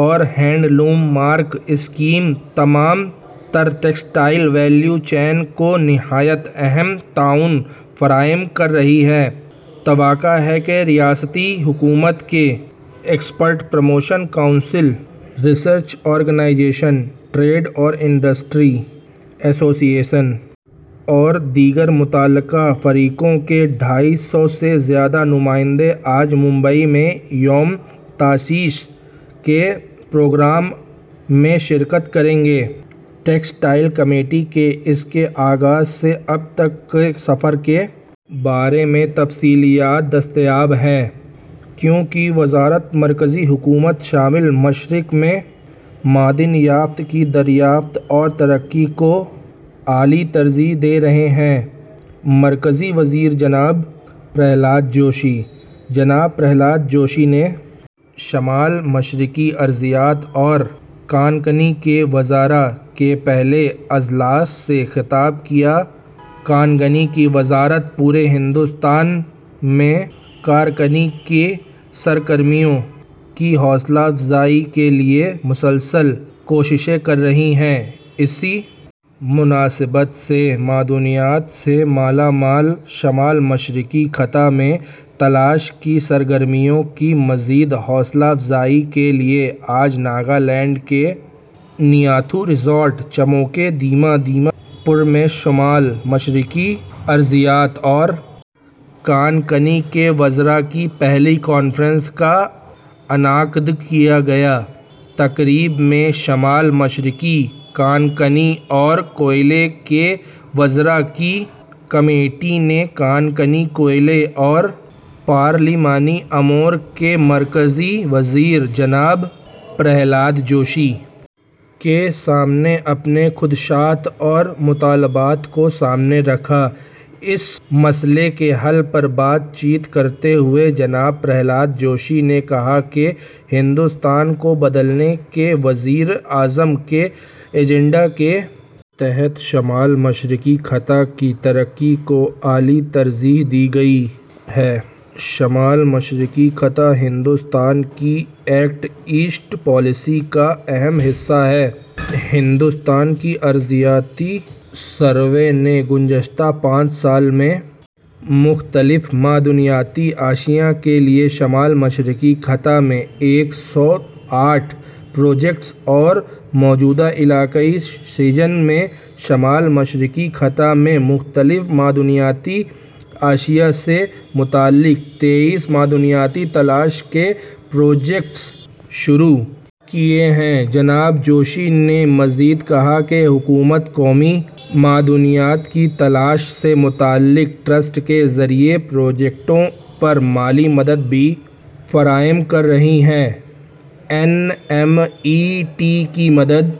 اور handloom mark scheme تمام تر ٹیکسٹائل ویلیو چین کو نہایت اہم تعاون فراہم کر رہی ہے توقع ہے کہ ریاستی حکومت کی export promotion councils research organisations trade and industry associations اور دیگر متعلقہ فریقوں کے ڈھائی سو سے زیادہ نمائندے آج ممبئی میں یوم تاسیس کے پروگرام میں شرکت کریں گے ٹیکسٹائل کمیٹی کے اس کے آغاز سے اب تک کے سفر کے بارے میں تفصیلات دستیاب ہیں کانکنی کی وزارت مرکزی حکومت شمال مشرق میں معدنیات کی دریافت اور ترقی کو اعلی ترجیح دے رہی ہے مرکزی وزیر جناب پرہلاد جوشی جناب پرہلاد جوشی نے شمال مشرقی ارضیات اور کانکنی کے وزرا کے پہلے اجلاس سے خطاب کیا کانکنی کی وزارت پورے ہندوستان میں کانکنی کی سرگرمیوں کی حوصلہ افزائی کے لیے مسلسل کوششیں کر رہی ہے اسی مناسبت سے معدنیات سے مالا مال شمال مشرقی خطے میں تلاش کی سرگرمیوں کی مزید حوصلہ افزائی کے لیے آج ناگالینڈ کے نیاتھو ریزارٹ چموکے دیما دیما پور میں شمال مشرقی ارضیات اور کانکنی کے وزرا کی پہلی کانفرنس کا انعقاد کیا گیا تقریب میں شمال مشرقی کانکنی اور کوئلے کے وزرا کی کمیٹی نے کانکنی کوئلہ اور پارلیمانی امور کے مرکزی وزیر جناب پرہلاد جوشی کے سامنے اپنے خدشات اور مطالبات کو سامنے رکھا اس مسئلے کے حل پر بات چیت کرتے ہوئے جناب پرہلاد جوشی نے کہا کہ ہندوستان کو بدلنے کے وزیر اعظم کے ایجنڈے کے تحت شمال مشرقی خطے کی ترقی کو اعلی ترجیح دی گئی ہے شمال مشرقی خطہ ہندوستان کی ایکٹ ایسٹ پالیسی کا اہم حصہ ہے ہندوستان کے ارضیاتی سروے نے گزشتہ پانچ سال میں مختلف معدنیاتی اشیا کے لیے شمال مشرقی خطے میں ایک سو آٹھ پروجیکٹس اور موجودہ علاقائی سیزن میں شمال مشرقی خطے میں مختلف معدنیاتی اشیا سے متعلق تئیس معدنیاتی تلاش کے پروجیکٹس شروع کیے ہیں جناب جوشی نے مزید کہا کہ حکومت قومی معدنیات کی تلاش سے متعلق ٹرسٹ کے ذریعہ پروجیکٹوں پر مالی مدد بھی فراہم کر رہی ہے این ایم ای ٹی کی مدد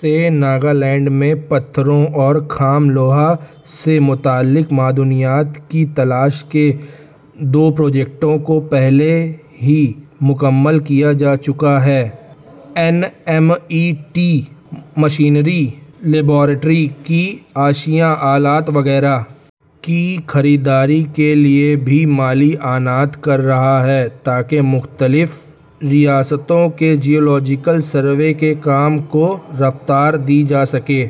سے ناگالینڈ میں پتھروں اور خام لوہا سے متعلق معدنیات کی تلاش کے دو پروجیکٹوں کو پہلے ہی مکمل کیا جا چکا ہے N M E T machinery laboratory کی اشیا آلات وغیرہ کی خریداری کے لیے بھی مالی اعانت کر رہا ہے تاکہ مختلف ریاستوں کے جیولوجیکل سروے کے کام کو رفتار دی جا سکے